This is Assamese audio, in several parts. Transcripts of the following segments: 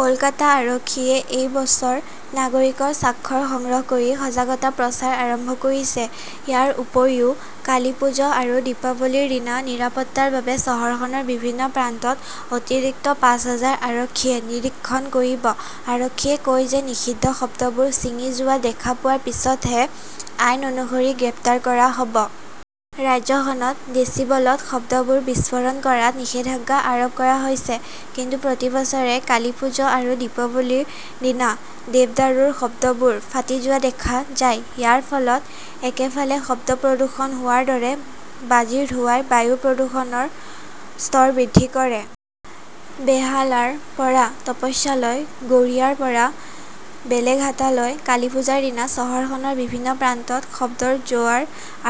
কলকাতা আৰক্ষীয়ে এই বছৰ নাগৰিকৰ স্বাক্ষৰ সংগ্ৰহ কৰি সজাগতা প্ৰচাৰ আৰম্ভ কৰিছে। ইয়াৰ উপৰিও কালিপুজো আৰু দীপাৱলীৰ দিনা নিৰাপত্তাৰ বাবে চহৰখনৰ বিভিন্ন প্ৰান্তত অতিৰিক্ত পাঁচ হাজাৰ আৰক্ষীয়ে নিৰীক্ষণ কৰিব। আৰক্ষীয়ে কয় যে নিষিদ্ধ শব্দবোৰ ছিঙি যোৱা দেখা পোৱাৰ পিছতহে আইন অনুসৰি গ্ৰেপ্তাৰ কৰা হ'ব। ৰাজ্যখনত ডেচিবলত শব্দবোৰ বিস্ফোৰণ কৰাত নিষেধাজ্ঞা আৰোপ কৰা হৈছে। কিন্তু প্ৰতি বছৰে কালীপুজো আৰু দীপাৱলীৰ দিনা দেৱদাৰুৰ শব্দবোৰ ফাটি যোৱা দেখা যায়। ইয়াৰ ফলত একেফালে শব্দ প্ৰদূষণ হোৱাৰ দৰে বাজিৰ ধোঁৱাই বায়ুৰ প্ৰদূষণৰ স্তৰ বৃদ্ধি কৰে। বেহালাৰ পৰা তপস্যালৈ, গড়িয়াৰ পৰা বেলেঘাটালৈ-কালিপুজাৰ দিনা চহৰখনৰ বিভিন্ন প্ৰান্তত শব্দৰ জোৱাৰ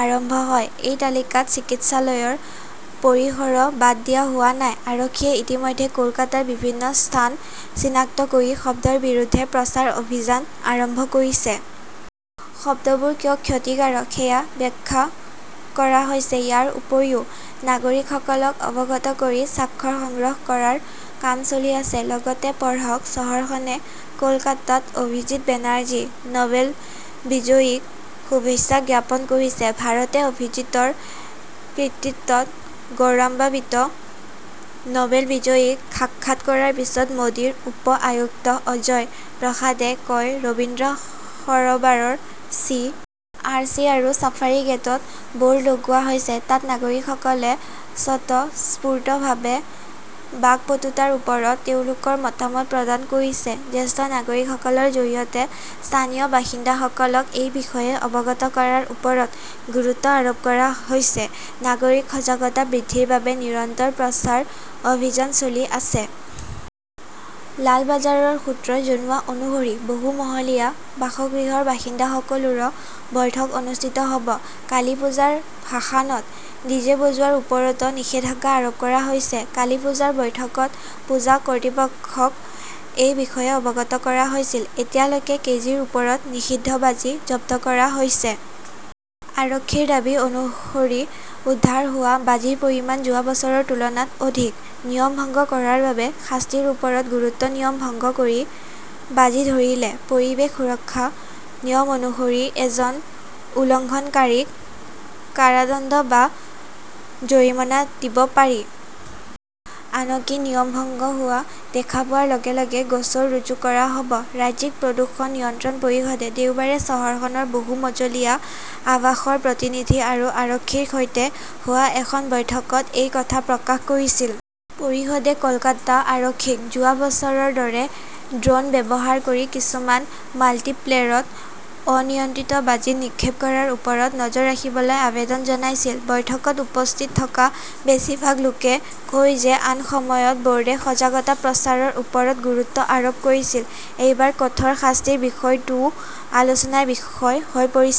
আৰম্ভ হয়। এই তালিকাত চিকিৎসালয়ৰ পৰিসৰো বাদ দিয়া হোৱা নাই। আৰক্ষীয়ে ইতিমধ্যে কলকাতাৰ বিভিন্ন স্থান চিনাক্ত কৰি শব্দৰ বিৰুদ্ধে প্ৰচাৰ অভিযান আৰম্ভ কৰিছে। শব্দবোৰ কিয় ক্ষতিকাৰক সেয়া ব্যাখ্যা কৰা হৈছে। ইয়াৰ উপৰিও নাগৰিকসকলক অৱগত কৰি স্বাক্ষৰ সংগ্ৰহ কৰাৰ কাম চলি আছে। লগতে পঢ়ক চহৰখনে কলকাতাত অভিজিৎ বেনাৰ্জী, নবেল বিজয়ীক শুভেচ্ছা জ্ঞাপন কৰিছে। ভাৰতে অভিজিৎৰ কৃতিত্বত গৌৰৱান্বিত, নবেল বিজয়ীক সাক্ষাৎ কৰাৰ পিছত মোদীৰ উপ আয়ুক্ত অজয় প্ৰসাদে কয় ৰবীন্দ্ৰ সৰবাৰৰ চি. আৰ. চি. আৰু ছাফাৰী গেটত বোৰ্ড লগোৱা হৈছে। তাত নাগৰিকসকলে স্বতঃস্ফূৰ্তভাৱে বাকপটুতাৰ ওপৰত তেওঁলোকৰ মতামত প্ৰদান কৰিছে। জ্যেষ্ঠ নাগৰিকসকলৰ জৰিয়তে স্থানীয় বাসিন্দাসকলক এই বিষয়ে অৱগত কৰাৰ ওপৰত গুৰুত্ব আৰোপ কৰা হৈছে। নাগৰিক সজাগতা বৃদ্ধিৰ বাবে নিৰন্তৰ প্ৰচাৰ অভিযান চলি আছে। লালবাজাৰৰ সূত্ৰই জনোৱা অনুসৰি বহু মহলীয়া বাসগৃহৰ বাসিন্দাসকলৰো বৈঠক অনুষ্ঠিত হ'ব। কালিপুজাৰ ভাসানত ডিজে বজোৱাৰ ওপৰতো নিষেধাজ্ঞা আৰোপ কৰা হৈছে। কালিপুজাৰ বৈঠকত পূজা কৰ্তৃপক্ষক এই বিষয়ে অৱগত কৰা হৈছিল। এতিয়ালৈকে কেজিৰ ওপৰত নিষিদ্ধ বাজি জব্দ কৰা হৈছে। আৰক্ষীৰ দাবী অনুসৰি উদ্ধাৰ হোৱা বাজিৰ পৰিমাণ যোৱা বছৰৰ তুলনাত অধিক। নিয়ম ভংগ কৰাৰ বাবে শাস্তিৰ ওপৰত গুৰুত্ব নিয়ম ভংগ কৰি বাজি ধৰিলে পৰিৱেশ সুৰক্ষা নিয়ম অনুসৰি এজন উলংঘনকাৰীক কাৰাদণ্ড বা জৰিমনা দিব পাৰি। আনকি নিয়ম ভংগ হোৱা দেখা পোৱাৰ লগে - লগে গোচৰ ৰুজু কৰা হ'ব। ৰাজ্যিক প্ৰদূষণ নিয়ন্ত্ৰণ পৰিষদে দেওবাৰে চহৰখনৰ বহু মজলীয়া আৱাসৰ প্ৰতিনিধি আৰু আৰক্ষীৰ সৈতে হোৱা এখন বৈঠকত এই কথা প্ৰকাশ কৰিছিল। পৰিষদে কলকাতা আৰক্ষীক যোৱা বছৰৰ দৰে ড্ৰোন ব্যৱহাৰ কৰি কিছুমান মাল্টিপ্লেৰত অনিয়ন্ত্ৰিত বাজি নিক্ষেপ কৰাৰ ওপৰত নজৰ ৰাখিবলৈ আবেদন জনাইছিল। বৈঠকত উপস্থিত থকা বেছিভাগ লোকে কয় যে আন সময়ত বোৰ্ডে সজাগতা প্ৰচাৰৰ ওপৰত গুৰুত্ব আৰোপ কৰিছিল। এইবাৰ কঠোৰ শাস্তিৰ বিষয়টোও আলোচনাৰ বিষয় হৈ পৰিছে।